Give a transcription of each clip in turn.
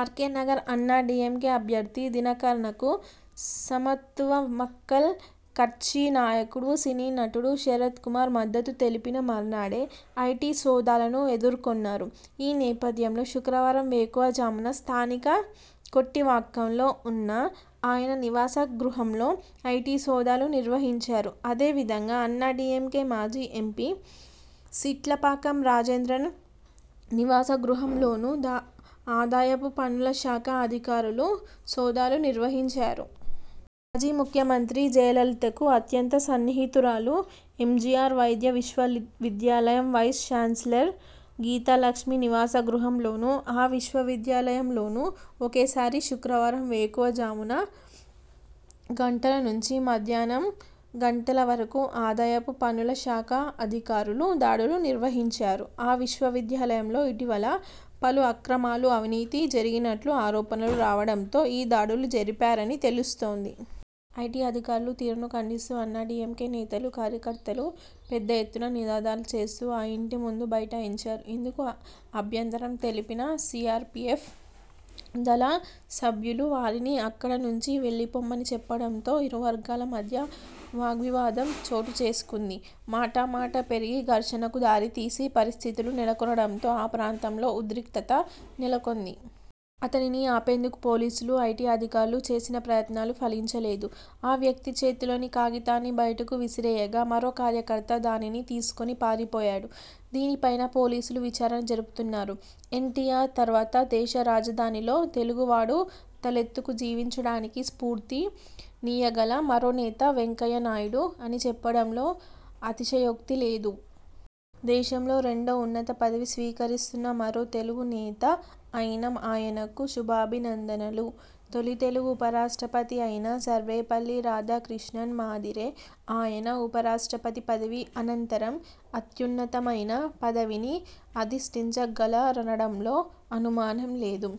ఆర్కేనగర్ అన్నాడీఎంకే అభ్యర్థి దినకర్నకు సమత్తువ మక్కల్ కట్చి నాయకుడు సినీనటుడు శరతకుమార్ మద్దతు తెలిపిన మర్నాడే ఐటీ సోదాలను ఎదుర్కొన్నారు. ఈ నేపథ్యంలో శుక్రవారం వేకువజామున స్థానిక కొట్టివాక్కంలో ఉన్న ఆయన నివాసగృహంలో ఐటీ సోదాలు నిర్వహించారు. అదే విధంగా అన్నాడీఎంకే మాజీ ఎంపీ సిట్లపాకం రాజేంద్రన్ నివాసగృహంలోనూ ఆదాయపు పన్నుల శాఖ అధికారులు సోదాలు నిర్వహించారు. మాజీ ముఖ్యమంత్రి జయలలితకు అత్యంత సన్నిహితురాలు, ఎంజీఆర్ వైద్య విశ్వవిద్యాలయం వైస్ ఛాన్సరల్ గీతలక్ష్మి నివాసగృహంలోను, ఆ విశ్వవిద్యాలయంలోనూ ఒకేసారి శుక్రవారం వేకువజామున గంటల నుంచి మధ్యానం గంటల వరకు ఆదాయపు పన్నుల శాఖ అధికారులు దాడులు నిర్వహించారు. ఆ విశ్వవిద్యాలయంలో ఇటీవల పలు అక్రమాలు, అవినీతి జరిగినట్లు ఆరోపణలు రావడంతో ఈ దాడులు జరిపారని తెలుస్తోంది. ఐటీ అధికారులు తీరును ఖండిస్తూ అన్నాడీఎంకే నేతలు, కార్యకర్తలు పెద్ద ఎత్తున నినాదాలు చేస్తూ ఆ ఇంటి ముందు భైఠాయించారు. ఇందుకు అభ్యంతరం తెలిపిన సీఆర్పీఎఫ్ దళ సభ్యులు వారిని అక్కడ నుంచి వెళ్లిపొమ్మని చెప్పడంతో ఇరువర్గాల మధ్య వాగ్వివాదం చోటుచేసుకుంది. మాటామాటా పెరిగి ఘర్షణకు దారి తీసి పరిస్థితులు నెలకొనడంతో ఆ ప్రాంతంలో ఉద్రిక్తత నెలకొంది. అతనిని ఆపేందుకు పోలీసులు, ఐటీ అధికారులు చేసిన ప్రయత్నాలు ఫలించలేదు. ఆ వ్యక్తి చేతిలోని కాగితాన్ని బయటకు విసిరేయగా, మరో కార్యకర్త దానిని తీసుకుని పారిపోయాడు. దీనిపైనా పోలీసులు విచారణ జరుపుతున్నారు. ఎన్. టి. ఆర్. తర్వాత దేశ రాజధానిలో తెలుగువాడు తలెత్తుకు జీవించడానికి స్ఫూర్తి నీయగల మరో నేత వెంకయ్యనాయుడు అని చెప్పడంలో అతిశయోక్తి లేదు. దేశంలో రెండో ఉన్నత పదవి స్వీకరిస్తున్న మరో తెలుగు నేత అయిన ఆయనకు శుభాభినందనలు. తొలి తెలుగు ఉపరాష్ట్రపతి అయిన సర్వేపల్లి రాధాక్రిష్ణన్ మాదిరే ఆయన ఉప రాష్ట్రపతి పదవి అనంతరం అత్యున్నతమైన పదవిని అధిష్టించగలరనడంలో అనుమానం లేదు.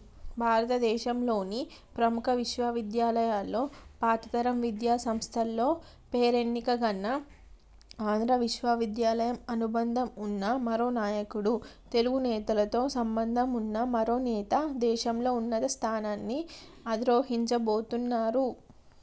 భారత దేశంలోని ప్రముఖ విశ్వవిద్యాలయాల్లో, పాతతరం విద్యాసంస్థల్లో పేరేన్నికగన్న ఆంధ్రా విశ్వవిద్యాలయం అనుబంధం ఉన్న మరో నాయకుడు, తెలుగు నేతలతో సంబంధం ఉన్న మరో నేత దేశంలో ఉన్నత స్థానాన్ని అధిరోహించబోతున్నారు.